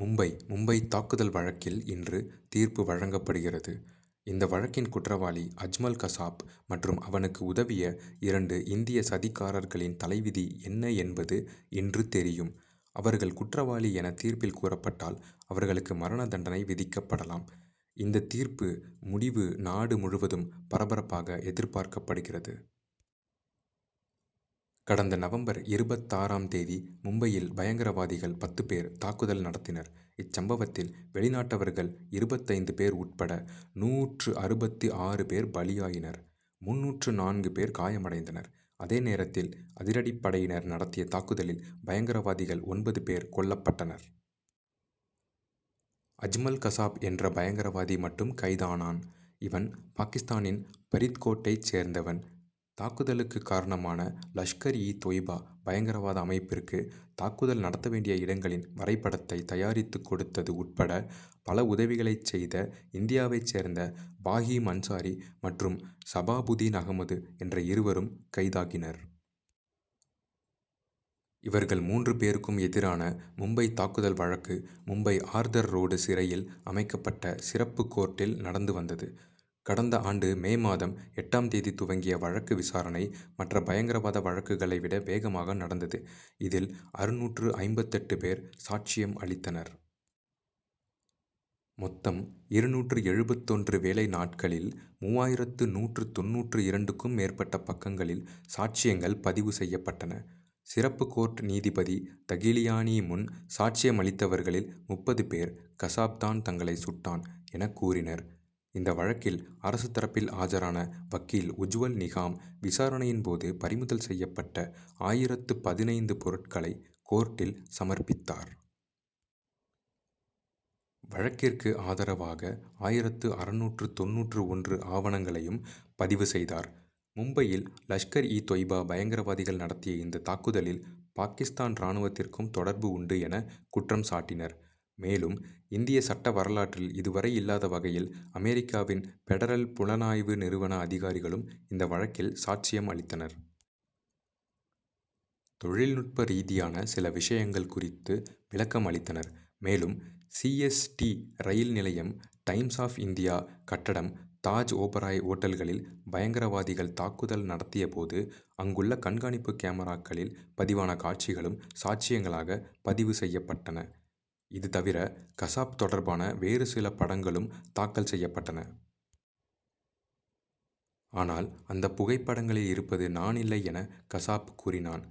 மும்பை மும்பைத் தாக்குதல் வழக்கில் இன்று தீர்ப்பு வழங்கப்படுகிறது. இந்த வழக்கின் குற்றவாளி அஜ்மல் கசாப் மற்றும் அவனுக்கு உதவிய இரண்டு இந்திய சதிகாரர்களின் தலைவிதி என்ன என்பது இன்று தெரியும். அவர்கள் குற்றவாளி என தீர்ப்பில் கூறப்பட்டால் அவர்களுக்கு மரண தண்டனை விதிக்கப்படலாம். இந்தத் தீர்ப்பு முடிவு நாடு முழுவதும் பரபரப்பாக எதிர்பார்க்கப்படுகிறது. கடந்த நவம்பர் இருபத்தாறாம் தேதி மும்பையில் பயங்கரவாதிகள் பத்து பேர் தாக்குதல் நடத்தினர். இச்சம்பவத்தில் வெளிநாட்டவர்கள் இருபத்தைந்து பேர் உட்பட நூற்று அறுபத்து ஆறு பேர் பலியாயினர் முந்நூற்று நான்கு பேர் காயமடைந்தனர். அதே நேரத்தில் அதிரடிப்படையினர் நடத்திய தாக்குதலில் பயங்கரவாதிகள் ஒன்பது பேர் கொல்லப்பட்டனர். அஜ்மல் கசாப் என்ற பயங்கரவாதி மட்டும் கைதானான். இவன் பாகிஸ்தானின் பரித்கோட்டைச் சேர்ந்தவன். தாக்குதலுக்கு காரணமான லஷ்கர் இ தொய்பா பயங்கரவாத அமைப்பிற்கு தாக்குதல் நடத்த வேண்டிய இடங்களின் வரைபடத்தை தயாரித்து கொடுத்தது உட்பட பல உதவிகளைச் செய்த இந்தியாவைச் சேர்ந்த பாஹீம் அன்சாரி மற்றும் சபாபுதீன் அகமது என்ற இருவரும் கைதாகினர். இவர்கள் மூன்று பேருக்கும் எதிரான மும்பை தாக்குதல் வழக்கு மும்பை ஆர்தர் ரோடு சிறையில் அமைக்கப்பட்ட சிறப்பு கோர்ட்டில் நடந்து வந்தது. கடந்த ஆண்டு மே மாதம் எட்டாம் தேதி துவங்கிய வழக்கு விசாரணை மற்ற பயங்கரவாத வழக்குகளை விட வேகமாக நடந்தது. இதில் அறுநூற்று ஐம்பத்தெட்டு பேர் சாட்சியம் அளித்தனர். மொத்தம் இருநூற்று எழுபத்தொன்று வேலை நாட்களில் மூவாயிரத்து நூற்று தொண்ணூற்று இரண்டுக்கும் மேற்பட்ட பக்கங்களில் சாட்சியங்கள் பதிவு செய்யப்பட்டன. சிறப்பு கோர்ட் நீதிபதி தகிலியானி முன் சாட்சியம் அளித்தவர்களில் முப்பது பேர் கசாப் தான் தங்களை சுட்டான் என கூறினர். இந்த வழக்கில் அரசு தரப்பில் ஆஜரான வக்கீல் உஜ்வல் நிகாம் விசாரணையின் போது பறிமுதல் செய்யப்பட்ட ஆயிரத்து பதினைந்து பொருட்களை கோர்ட்டில் சமர்ப்பித்தார். வழக்கிற்கு ஆதரவாக ஆயிரத்து அறுநூற்று தொண்ணூற்று ஒன்று ஆவணங்களையும் பதிவு செய்தார். மும்பையில் லஷ்கர் இ தொய்பா பயங்கரவாதிகள் நடத்திய இந்த தாக்குதலில் பாகிஸ்தான் ராணுவத்திற்கும் தொடர்பு உண்டு என குற்றம் சாட்டினார். மேலும் இந்திய சட்ட வரலாற்றில் இதுவரை இல்லாத வகையில் அமெரிக்காவின் பெடரல் புலனாய்வு நிறுவன அதிகாரிகளும் இந்த வழக்கில் சாட்சியம் அளித்தனர். தொழில்நுட்ப ரீதியான சில விஷயங்கள் குறித்து விளக்கம் அளித்தனர். மேலும் சி. எஸ். டி. ரயில் நிலையம் டைம்ஸ் ஆப் இந்தியா கட்டடம் தாஜ் ஓபராய் ஓட்டல்களில் பயங்கரவாதிகள் தாக்குதல் நடத்திய போது அங்குள்ள கண்காணிப்பு கேமராக்களில் பதிவான காட்சிகளும் சாட்சியங்களாக பதிவு செய்யப்பட்டன. இது தவிர கசாப் தொடர்பான வேறு சில படங்களும் தாக்கல் செய்யப்பட்டன. ஆனால் அந்தப் புகைப்படங்களில் இருப்பது நானில்லை என கசாப் கூறினான்.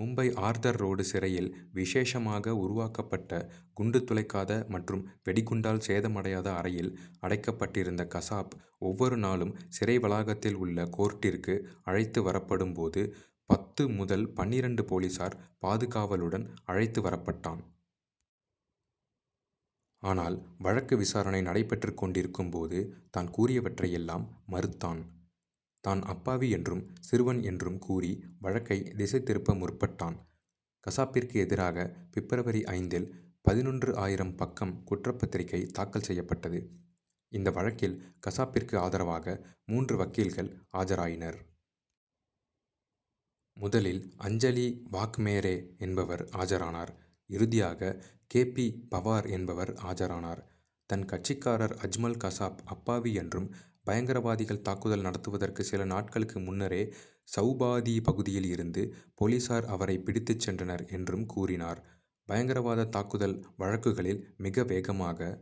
மும்பை ஆர்தர் ரோடு சிறையில் விசேஷமாக உருவாக்கப்பட்ட குண்டு துளைக்காத மற்றும் வெடிகுண்டால் சேதமடையாத அறையில் அடைக்கப்பட்டிருந்த கசாப் ஒவ்வொரு நாளும் சிறை வளாகத்தில் உள்ள கோர்ட்டிற்கு அழைத்து வரப்படும் போது பத்து முதல் பன்னிரண்டு போலீசார் பாதுகாவலுடன் அழைத்து வரப்பட்டான். ஆனால் வழக்கு விசாரணை நடைபெற்றுக் கொண்டிருக்கும் போது தான் கூறியவற்றை எல்லாம் மறுத்தான். தான் அப்பாவி என்றும் சிறுவன் என்றும் கூறி வழக்கை திசை திருப்ப முற்பட்டான். கசாப்பிற்கு எதிராக பிப்ரவரி ஐந்தில் பதினொன்று ஆயிரம் பக்கம் குற்றப் பத்திரிகை தாக்கல் செய்யப்பட்டது. இந்த வழக்கில் கசாப்பிற்கு ஆதரவாக மூன்று வக்கீல்கள் ஆஜராயினர். முதலில் அஞ்சலி வாக்மேரே என்பவர் ஆஜரானார். இறுதியாக கே. பி. பவார் என்பவர் ஆஜரானார். தன் கட்சிக்காரர் அஜ்மல் கசாப் அப்பாவி என்றும் பயங்கரவாதிகள் தாக்குதல் நடத்துவதற்கு சில நாட்களுக்கு முன்னரே சவுபாதி பகுதியில் இருந்து போலீசார் அவரை பிடித்துச் சென்றனர் என்றும் கூறினார். பயங்கரவாத தாக்குதல் வழக்குகளில் மிக வேகமாக